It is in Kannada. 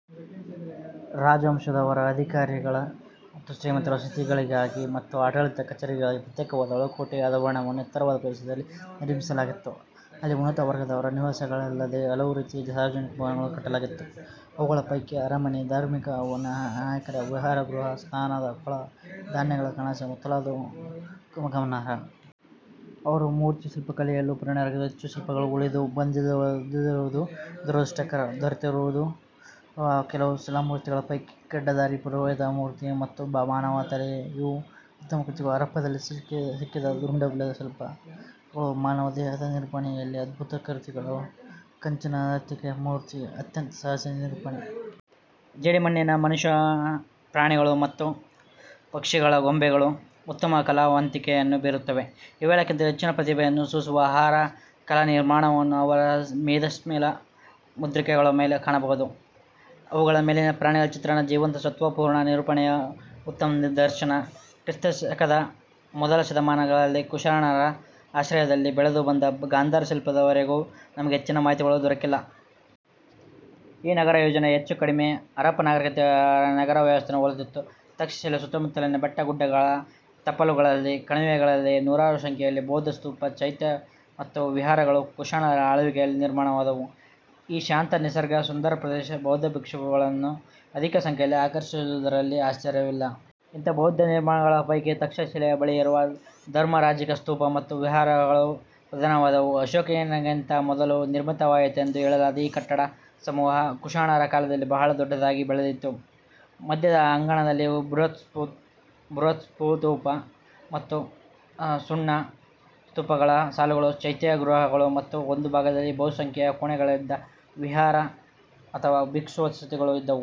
ರಾಜವಂಶದವರ, ಅಧಿಕಾರಿಗಳ ಮತ್ತು ಶ್ರೀಮಂತರ ವಸತಿಗಳಿಗಾಗಿ ಮತ್ತು ಆಡಳಿತ ಕಚೇರಿಗಳಿಗಾಗಿ ಪ್ರತ್ಯೇಕವಾದ ಒಳಕೋಟೆ ಆವರಣವನ್ನು ಎತ್ತರವಾದ ಪ್ರದೇಶದಲ್ಲಿ ನಿರ್ಮಿಸಲಾಗಿತ್ತು. ಅಲ್ಲಿ ಉನ್ನತ ವರ್ಗದವರ ನಿವಾಸಗಳಲ್ಲದೆ ಹಲವು ರೀತಿಯ ಸಾರ್ವಜನಿಕ ಭವನಗಳನ್ನು ಕಟ್ಟಲಾಗಿತ್ತು. ಅವುಗಳ ಪೈಕಿ ಅರಮನೆ, ಧಾರ್ಮಿಕ ನಾಯಕರ ವಿಹಾರಗೃಹ, ಸ್ನಾನದ ಕೊಳ, ಧಾನ್ಯಗಳ ಕಣಜ ಮೊದಲಾದವು ಗಮನಾರ್ಹ. ಅವರು ಮೂರ್ತಿಶಿಲ್ಪಕಲೆಯಲ್ಲೂ ಪ್ರವೀಣರಾಗಿದ್ದರೂ ಹೆಚ್ಚು ಶಿಲ್ಪಗಳು ಉಳಿದು ಬಂದಿಲ್ಲದಿರುವುದು ದುರದೃಷ್ಟಕರ, ದೊರೆತಿರುವ ಕೆಲವು ಶಿಲಾಮೂರ್ತಿಗಳ ಪೈಕಿ ಗಡ್ಡಧಾರಿ ಪುರೋಹಿತ ಮೂರ್ತಿ, ಮತ್ತೊಬ್ಬ ಮಾನವನ ತಲೆ ಇವು ಉತ್ತಮ ಕೃತಿಗಳು, ಹರಪ್ಪದಲ್ಲಿ ಸಿಕ್ಕಿದ ರುಂಡವಿಲ್ಲದ ಶಿಲ್ಪಗಳು ಮಾನವದೇಹದ ನಿರೂಪಣೆಯಲ್ಲಿ ಅದ್ಭುತ ಕೃತಿಗಳು. ಕಂಚಿನ ನರ್ತಕಿಯ ಮೂರ್ತಿ ಅತ್ಯಂತ ಸಹಜ ನಿರೂಪಣೆ. ಜೇಡಿಮಣ್ಣಿನ ಮನುಷ್ಯ, ಪ್ರಾಣಿಗಳ ಮತ್ತು ಪಕ್ಷಿಗಳ ಗೊಂಬೆಗಳು ಉತ್ತಮ ಕಲಾವಂತಿಕೆಯನ್ನು ಬೀರುತ್ತವೆ. ಇವೆಲ್ಲಕ್ಕಿಂತಲೂ ಹೆಚ್ಚಿನ ಪ್ರತಿಭೆಯನ್ನು ಸೂಸುವ ಅವರ ಕಲಾ ನಿರ್ಮಾಣವನ್ನು ಅವರ ಮೇದಶ್ಶಿಲಾ ಮುದ್ರಿಕೆಗಳ ಮೇಲೆ ಕಾಣಬಹುದು. ಅವುಗಳ ಮೇಲಿನ ಪ್ರಾಣಿಗಳ ಚಿತ್ರಣ ಜೀವಂತ ಸತ್ವಪೂರ್ಣ ನಿರೂಪಣೆಯ ಉತ್ತಮ ನಿದರ್ಶನ. ಕ್ರಿಸ್ತಶಕದ ಮೊದಲ ಶತಮಾನಗಳಲ್ಲಿ ಕುಷಾಣರ ಆಶ್ರಯದಲ್ಲಿ ಬೆಳೆದು ಬಂದ ಗಾಂಧಾರ ಶಿಲ್ಪದ ವರೆಗೂ ನಮಗೆ ಹೆಚ್ಚಿನ ಮಾಹಿತಿಗಳು ದೊರಕಿಲ್ಲ. ಈ ನಗರ ಯೋಜನೆ ಹೆಚ್ಚು ಕಡಿಮೆ ಹರಪ್ಪ ನಾಗರಿಕತೆಯ ನಗರ ವ್ಯವಸ್ಥೆಯನ್ನು ಹೋಲುತ್ತಿತ್ತು. ತಕ್ಷಶಿಲೆಯ ಸುತ್ತಮುತ್ತಲಿನ ಬೆಟ್ಟಗುಡ್ಡಗಳ ತಪ್ಪಲುಗಳಲ್ಲಿ, ಕಣಿವೆಗಳಲ್ಲಿ ನೂರಾರು ಸಂಖ್ಯೆಯಲ್ಲಿ ಬೌದ್ಧಸ್ತೂಪ, ಚೈತ್ಯ ಮತ್ತು ವಿಹಾರಗಳು ಕುಷಾಣರ ಆಳ್ವಿಕೆಯಲ್ಲಿ ನಿರ್ಮಾಣವಾದವು. ಈ ಶಾಂತ, ನಿಸರ್ಗ ಸುಂದರ ಪ್ರದೇಶ ಬೌದ್ಧ ಭಿಕ್ಷುಗಳನ್ನು ಅಧಿಕ ಸಂಖ್ಯೆಯಲ್ಲಿ ಆಕರ್ಷಿಸಿದುದರಲ್ಲಿ ಆಶ್ಚರ್ಯವಿಲ್ಲ. ಇಂಥ ಬೌದ್ಧ ನಿರ್ಮಾಣಗಳ ಪೈಕಿ ತಕ್ಷಶಿಲೆಯ ಬಳಿ ಇರುವ ಧರ್ಮರಾಜಿಕ ಸ್ತೂಪ ಮತ್ತು ವಿಹಾರಗಳು ಪ್ರಧಾನವಾದವು. ಅಶೋಕನಿಗಿಂತ ಮೊದಲು ನಿರ್ಮಿತವಾಯಿತೆಂದು ಹೇಳಲಾದ ಈ ಕಟ್ಟಡ ಸಮೂಹ ಕುಷಾಣರ ಕಾಲದಲ್ಲಿ ಬಹಳ ದೊಡ್ಡದಾಗಿ ಬೆಳೆಯಿತು. ಮಧ್ಯದ ಅಂಗಣದಲ್ಲಿ ಬೃಹತ್ಸ್ತೂಪ, ಸುತ್ತ ಸಣ್ಣ ಸ್ತೂಪಗಳ ಸಾಲುಗಳು ಚೈತ್ಯಗೃಹಗಳು ಮತ್ತು ಒಂದು ಭಾಗದಲ್ಲಿ ಬಹುಸಂಖ್ಯೆಯ ಕೋಣೆಗಳಿದ್ದ ವಿಹಾರ ಅಥವಾ ಭಿಕ್ಷು ವಸತಿಗಳು ಇದ್ದುವು.